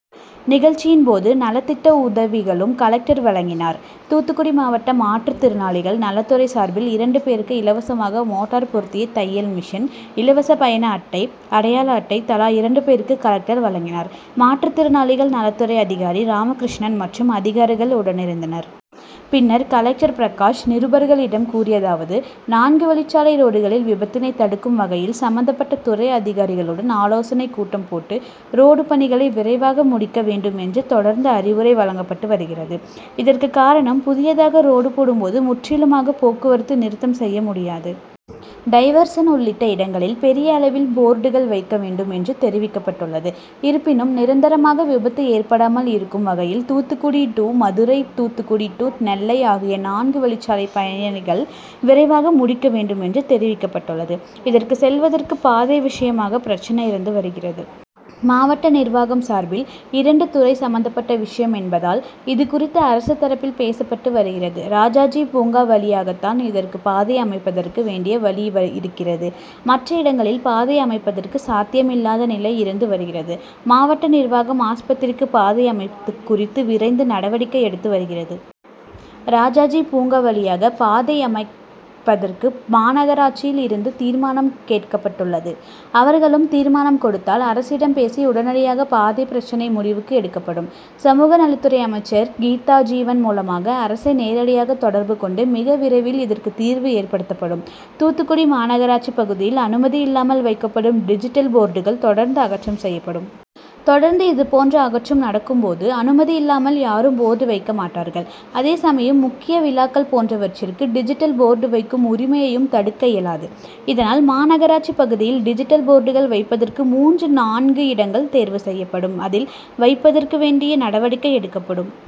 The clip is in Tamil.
நிகழ்ச்சியின் போது நலத்திட்ட உதவிகளும் கலெக்டர் வழங்கினார். தூத்துக்குடி மாவட்ட மாற்றுதிறனாளிகள் நலத்துறை சார்பில் இரண்டு பேருக்கு இலவசமாக மோட்டார் பொருத்திய தையல் மிஷின், இலவச பயண அட்டை, அடையாள அட்டை தலா இரண்டு பேருக்கு கலெக்டர் வழங்கினார். மாற்றுத்திறனாளிகள் நலத்துறை அதிகாரி ராமகிருஷ்ணன் மற்றும் அதிகாரிகள் உடனிருந்தனர். பின்னர் கலெக்டர் பிரகாஷ் நிருபர்களிடம் கூறியதாவது நான்குவழிச்சாலை ரோடுகளில் விபத்தினை தடுக்கும் வகையில் சம்பந்தப்பட்ட துறை அதிகாரிகளுடன் ஆலோசனைக் கூட்டம் போட்டு, ரோடு பணிகளை விரைவாக முடிக்க வேண்டும் என்று தொடர்ந்து அறிவுரை வழங்கப்பட்டு வருகிறது. இதற்கு காரணம் புதியதாக ரோடு போடும் போது முற்றிலுமாக போக்குவரத்தை நிறுத்தம் செய்ய முடியாது. டைவர்சன் உள்ளிட்ட இடங்களில் பெரிய அளவில் போர்டுகள் வைக்க வேண்டும் என்று தெரிவிக்கப்பட்டுள்ளது. இருப்பினும் நிரந்தரமாக விபத்து ஏற்படாமல் இருக்கும் வகையில் தூத்துக்குடி டூ மதுரை, தூத்துக்குடி டூ நெல்லை ஆகிய நான்கு வழிச்சாலை பயணிகள் விரைவாக முடிக்க வேண்டும் என்று தெரிவிக்கப்பட்டுள்ளது. இதற்கு செல்வதற்கு பாதை விஷயமாக பிரச்னை இருந்து வருகிறது. மாவட்ட நிர்வாகம் சார்பில் இரண்டு துறை சம்பந்தபட்ட விஷயம் என்பதால் இது குறித்து அரசு தரப்பில் பேசப்பட்டு வருகிறது. ராஜாஜி பூங்கா வழியாகத்தான் இதற்கு பாதை அமைப்பதற்கு வேண்டிய வழிவழி இருக்கிறது. மற்ற இடங்களில் பாதை அமைப்பதற்கு சாத்தியம் இல்லாத நிலை இருந்து வருகிறது. மாவட்ட நிர்வாகம் ஆஸ்பத்திரிக்கு பாதை அமைப்பது குறித்து விரைந்து நடவடிக்கை எடுத்து வருகிறது. ராஜாஜி பூங்கா வழியாக பாதை அமைப்பதற்கு மாநகராட்சியில் இருந்து தீர்மானம் கேட்கப்பட்டுள்ளது. அவர்களும் தீர்மானம் கொடுத்தால் அரசிடம் பேசி உடனடியாக பாதை பிரச்னைக்கு முடிவுக்கு எடுக்கப்படும். சமூகநலத்துறை அமைச்சர் கீதாஜீவன் மூலமாகவும் அரசை நேரடியாக தொடர்பு கொண்டு மிக விரைவில் இதற்கு தீர்வு ஏற்படுத்தப்படும். தூத்துக்குடி மாநகராட்சி பகுதியில் அனுமதி இல்லாமல் வைக்கப்படும் டிஜிட்டல் போர்டுகள் தொடர்ந்து அகற்றம் செய்யப்படும். தொடர்ந்து இதுபோன்ற அகற்றம் நடக்கும் போது அனுமதி இல்லாமல் யாரும் போர்டு வைக்கமாட்டார்கள். அதே சமயம் முக்கிய விழாக்கள் போன்றவற்றிற்கு டிஜிட்டல் போர்டு வைக்கும் உரிமையையும் தடுக்க இயலாது. இதனால் மாநகராட்சி பகுதியில் டிஜிட்டல் போர்டுகள் வைப்பதற்கு மூன்று நான்கு இடங்கள் தேர்வு செய்யப்படும் அதில் வைப்பதற்கு வேண்டிய நடவடிக்கை எடுக்கப்படும்.